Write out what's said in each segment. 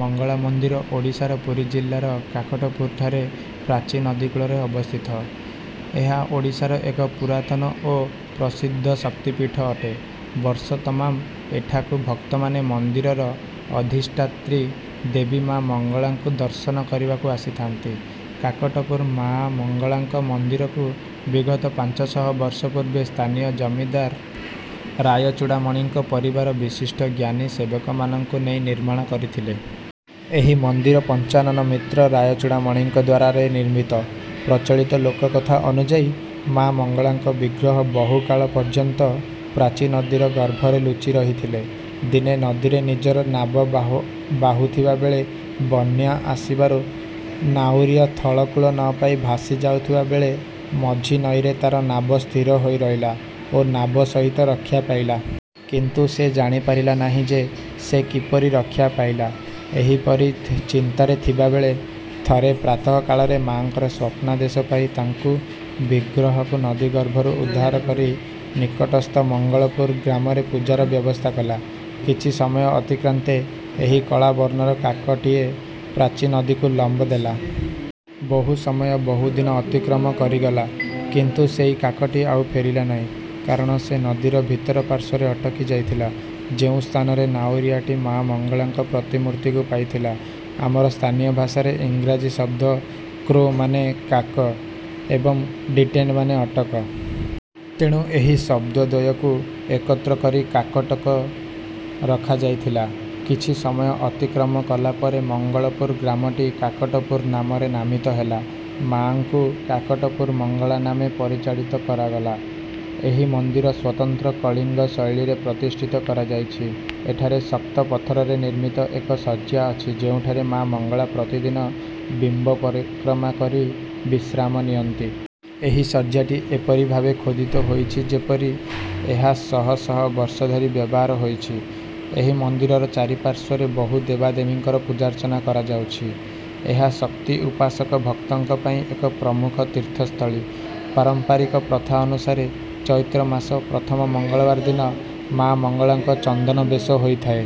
ମଙ୍ଗଳା ମନ୍ଦିର ଓଡ଼ିଶାର ପୁରୀ ଜିଲ୍ଲାର କାକଟପୁରଠାରେ ପ୍ରାଚୀ ନଦୀ କୂଳରେ ଅବସ୍ଥିତ। ଏହା ଓଡ଼ିଶାର ଏକ ପୁରାତନ ଓ ପ୍ରସିଦ୍ଧ ଶକ୍ତିପୀଠ ଅଟେ। ବର୍ଷ ତମାମ ଏଠାକୁ ଭକ୍ତମାନେ ମନ୍ଦିରର ଅଧିଷ୍ଠାତ୍ରୀ ଦେବୀ ମା ମଙ୍ଗଳାଙ୍କୁ ଦର୍ଶନ କରିବାକୁ ଆସିଥାନ୍ତି। କାକଟପୁର ମାମଙ୍ଗଳାଙ୍କ ମନ୍ଦିରକୁ ବିଗତ ପାଞ୍ଚଶହ ବର୍ଷ ପୂର୍ବେ ସ୍ଥାନୀୟ ଜମିଦାର ରାୟଚୁଡାମଣିଙ୍କ ପରିବାର ବିଶିଷ୍ଠ ଜ୍ଞାନୀ ସେବକ ମାନଙ୍କୁ ନେଇ ନିର୍ମାଣ କରିଥିଲେ। ଏହି ମନ୍ଦିର ପଞ୍ଚାନନ ମିତ୍ର ରାୟଚୁଡାମଣିଙ୍କଦ୍ୱାରା ରେ ନିର୍ମିତ। ପ୍ରଚଳିତ ଲୋକକଥା ଅନୁଯାୟୀ ମା ମଙ୍ଗଳାଙ୍କ ବିଗ୍ରହ ବହୁକାଳ ପର୍ଯ୍ୟନ୍ତ ପ୍ରାଚୀ ନଦୀର ଗର୍ଭରେ ଲୁଚିରହିଥିଲେ। ଦିନେ ନଦୀରେ ନିଜର ନାବ ବାହୁଥିବା ବେଳେ ବନ୍ୟା ଆସିବାରୁ ନାଉରିଆ ଥଳକୂଳ ନପାଇ ଭାସି ଯାଉଥିବା ବେଳେ ମଝି ନଈରେ ତାର ନାବ ସ୍ଥିରହୋଇ ରହିଲା ଓ ନାବ ସହିତ ରକ୍ଷା ପାଇଲା। କିନ୍ତୁ ସେ ଜାଣିପାରିଲା ନାହିଁ ଯେ ସେ କିପରି ରକ୍ଷା ପାଇଲା ଏହିପରି ଚିନ୍ତାରେ ଥିବାବେଳେ ଥରେ ପ୍ରାତଃକାଳରେ ମାଙ୍କର ସ୍ୱପ୍ନାଦେଶ ପାଇ ତାଙ୍କ ବିଗ୍ରହକୁ ନଦୀ ଗର୍ଭରୁ ଉଦ୍ଧାର କରି ନିକଟସ୍ଥ ମଙ୍ଗଳପୁର ଗ୍ରାମରେ ପୂଜାର ବ୍ୟବସ୍ଥା କଲା। କିଛି ସମୟ ଅତିକ୍ରାନ୍ତେ ଏକ କଳା ବର୍ଣ୍ଣର କାକଟିଏ ପ୍ରାଚୀ ନଦୀକୁ ଲମ୍ଫ ଦେଲା। ବହୁ ସମୟ ବହୁଦିନ ଅତିକ୍ରମ କରିଗଲା କିନ୍ତୁ ସେହି କାକଟି ଆଉ ଫେରିଲା ନାଇଁ କାରଣ ସେ ନଦୀର ଭିତର ପାର୍ଶ୍ୱରେ ଅଟକି ଯାଇଥିଲା ଯେଉଁ ସ୍ଥାନରେ ନାଉରିଆଟି ମାମଙ୍ଗଳାଙ୍କ ପ୍ରତିମୂର୍ତ୍ତିକୁ ପାଇଥିଲା। ଆମର ସ୍ଥାନୀୟ ଭାଷାରେ ଇଂରାଜୀ ଶବ୍ଦ କ୍ରୋ ମାନେ କାକ ଏବଂ ଡିଟେଣ୍ଡ ମାନେ ଅଟକ। ତେଣୁ ଏହି ଶବ୍ଦ ଦ୍ୱୟକୁ ଏକତ୍ର କରି କାକଟକ ରଖାଯାଇଥିଲା। କିଛି ସମୟ ଅତିକ୍ରମ କଲା ପରେ ମଙ୍ଗଳପୁର ଗ୍ରାମଟି କାକଟପୁର ନାମରେ ନାମିତ ହେଲା। ମାଙ୍କୁ କାକଟପୁର ମଙ୍ଗଳା ନାମେ ପରିଚାଳିତ କରାଗଲା। ଏହି ମନ୍ଦିର ସ୍ୱତନ୍ତ୍ର କଳିଙ୍ଗ ଶୈଳୀରେ ପ୍ରତିଷ୍ଠିତ କରାଯାଇଛି। ଏଠାରେ ଶକ୍ତ ପଥରରେ ନିର୍ମିତ ଏକ ଶଯ୍ୟା ଅଛି ଯେଉଁଠାରେ ମାମଙ୍ଗଳା ପ୍ରତିଦିନ ବିମ୍ବ ପରିକ୍ରମା କରି ବିଶ୍ରାମ ନିଅନ୍ତି। ଏହି ଶଯ୍ୟାଟି ଏପରି ଭାବେ ଖୋଦିତ ହୋଇଛି ଯେପରି ଏହା ଶହ ଶହ ବର୍ଷ ଧରି ବ୍ୟବହାର ହୋଇଛି। ଏହି ମନ୍ଦିରର ଚାରି ପାର୍ଶ୍ୱରେ ବହୁ ଦେବାଦେବୀଙ୍କ ପୂଜାର୍ଚ୍ଚନା କରାଯାଉଛି। ଏହା ଶକ୍ତି ଉପାସକ ଭକ୍ତଙ୍କ ପାଇଁ ଏକ ପ୍ରମୁଖ ତୀର୍ଥସ୍ଥଳୀ। ପାରମ୍ପରିକ ପ୍ରଥା ଅନୁସାରେ ଚୈତ୍ର ମାସ ପ୍ରଥମ ମଙ୍ଗଳବାର ଦିନ ମା ମଙ୍ଗଳାଙ୍କ ଚନ୍ଦନ ବେଶ ହୋଇଥାଏ।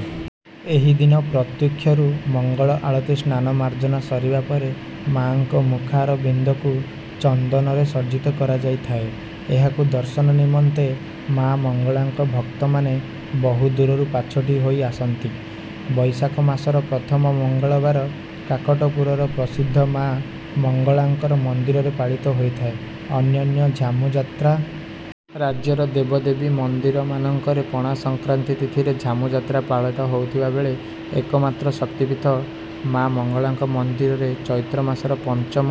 ଏହିଦିନ ପ୍ରତ୍ୟୁଷରୁ ମଙ୍ଗଳ ଆଳତି ସ୍ନାନ ମାର୍ଜନା ସରିବା ପରେ ମାଙ୍କ ମୁଖାରବିନ୍ଦକୁ ଚନ୍ଦନରେ ସଜ୍ଜିତ କରାଯାଇଥାଏ। ଏହାକୁ ଦର୍ଶନ ନିମନ୍ତେ ମାମଙ୍ଗଳାଙ୍କ ଭକ୍ତମାନେ ବହୁ ଦୂରରୁ ପାଛୋଟି ହୋଇ ଆସନ୍ତି। ବୈଶାଖ ମାସର ପ୍ରଥମ ମଙ୍ଗଳବାର କାକଟପୁରର ପ୍ରସିଦ୍ଧ ମା ମଙ୍ଗଳାଙ୍କର ମନ୍ଦିରରେ ପାଳିତ ହୋଇଥାଏ ଅନନ୍ୟ ଝାମୁଯାତ୍ରା। ରାଜ୍ୟର ଦେବଦେବୀ ମନ୍ଦିରମାନଙ୍କରେ ପଣା ସଂକ୍ରାନ୍ତି ତିଥିରେ ଝାମୁଯାତ୍ରା ପାଳିତ ହେଉଥିବା ବେଳେ ଏକମାତ୍ର ଶକ୍ତିପୀଠ ମା ମଙ୍ଗଳାଙ୍କ ମନ୍ଦିରରେ ଚୈତ୍ର ମାସର ପଞ୍ଚମ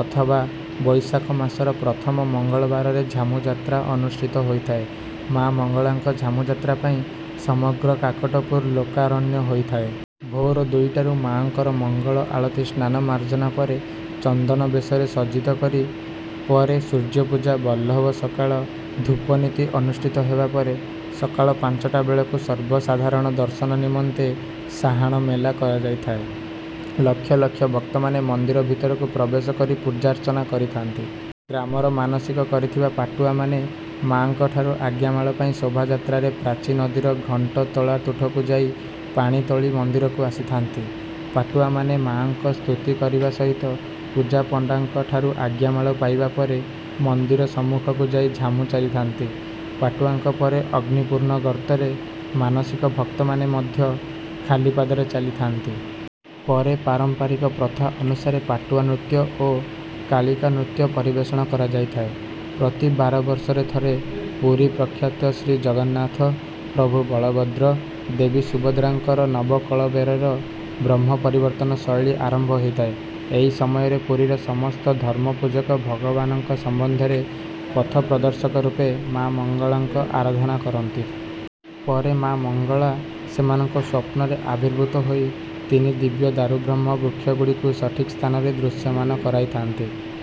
ଅଥବା ବୈଶାଖ ମାସର ପ୍ରଥମ ମଙ୍ଗଳବାରରେ ଝାମୁଯାତ୍ରା ଅନୁଷ୍ଠିତ ହୋଇଥାଏ। ମା ମଙ୍ଗଳାଙ୍କ ଝାମୁଯାତ୍ରା ପାଇଁ ସମଗ୍ର କାକଟପୁର ଲୋକାରଣ୍ୟ ହୋଇଥଏ। ଭୋର ଦୁଇଟାରୁ ମାଙ୍କର ମଙ୍ଗଳ ଆଳତି ସ୍ନାନ ମାର୍ଜନା ପରେ ଚନ୍ଦନବେଶରେ ସଜ୍ଜିତକରି ପରେ ସୂର୍ଯ୍ୟପୂଜା ବଲ୍ଲଭ ସକାଳ ଧୂପନୀତି ଅନୁଷ୍ଠିତ ହେବାପରେ ସକାଳ ପାଞ୍ଚଟା ବେଳକୁ ସର୍ବସାଧାରଣ ଦର୍ଶନ ନିମନ୍ତେ ସାହାଣମେଲା କରାଯାଇଥାଏ। ଲକ୍ଷ ଲକ୍ଷ ଭକ୍ତମାନେ ମନ୍ଦିର ଭିତରକୁ ପ୍ରବେଶକରି ପୂଜାର୍ଚ୍ଚନା କରିଥାନ୍ତି। ଗ୍ରାମର ମାନସିକ କରିଥିବା ପାଟୁଆମାନେ ମାଙ୍କ ଠାରୁ ଆଜ୍ଞାମାଳ ପାଇ ଶୋଭାଯାତ୍ରାରେ ପ୍ରାଚୀ ନଦୀର ଘଣ୍ଟତୋଳାତୁଠକୁ ଯାଇ ପାଣି ତୋଳି ମନ୍ଦିରକୁ ଆସିଥାନ୍ତି। ପାଟୁଆମାନେ ମାଙ୍କ ସ୍ତୁତି କରିବା ସହିତ ପୂଜାପଣ୍ଡାଙ୍କଠାରୁ ଆଜ୍ଞାମାଳ ପାଇବାପରେ ମନ୍ଦିର ସମ୍ମୁଖକୁ ଯାଇ ଝାମୁ ଚାଲିଥାନ୍ତି। ପାଟୁଆଙ୍କ ପରେ ଅଗ୍ନିପୁର୍ଣ୍ଣ ଗର୍ତ୍ତରେ ମାନସିକ ଭକ୍ତମାନେ ମଧ୍ୟ ଖାଲିପାଦରେ ଚାଲିଥାନ୍ତି। ପରେ ପାରମ୍ପରିକ ପ୍ରଥା ଅନୁସାରେ ପାଟୁଆ ନୃତ୍ୟ ଓ କାଲିକା ନୃତ୍ୟ ପରିବେଷଣ କରାଯାଇଥାଏ। ପ୍ରତି ବାରବର୍ଷରେ ଥରେ ପୁରୀ ପ୍ରଖ୍ୟାତ ଶ୍ରୀଜଗନ୍ନାଥ ପ୍ରଭୁ ବଳଭଦ୍ର ଦେବୀ ସୁଭଦ୍ରା ଙ୍କର ନବକଳେବରରେ ବ୍ରହ୍ମ ପରିବର୍ତ୍ତନ ଶୈଳୀ ଆରମ୍ଭ ହୋଇଥାଏ। ଏହି ସମୟରେ ପୁରୀର ସମସ୍ତ ଧର୍ମ ପୂଜକ ଭଗବାନଙ୍କ ସମ୍ବନ୍ଧରେ ପଥପ୍ରଦର୍ଶକ ରୂପେ ମାମଙ୍ଗଳାଙ୍କ ଆରାଧନା କରିଥାନ୍ତି। ପରେ ମାମଙ୍ଗଳ ସେମାନଙ୍କ ସ୍ୱପ୍ନରେ ଆବିର୍ଭୁତ ହୋଇ ତିନି ଦିବ୍ୟ ଦାରୁବ୍ରହ୍ମ ବୃକ୍ଷ ଗୁଡ଼ିକୁ ସଠିକ ସ୍ଥାନରେ ଦୃଶ୍ୟମାନ କରାଇଥାନ୍ତି।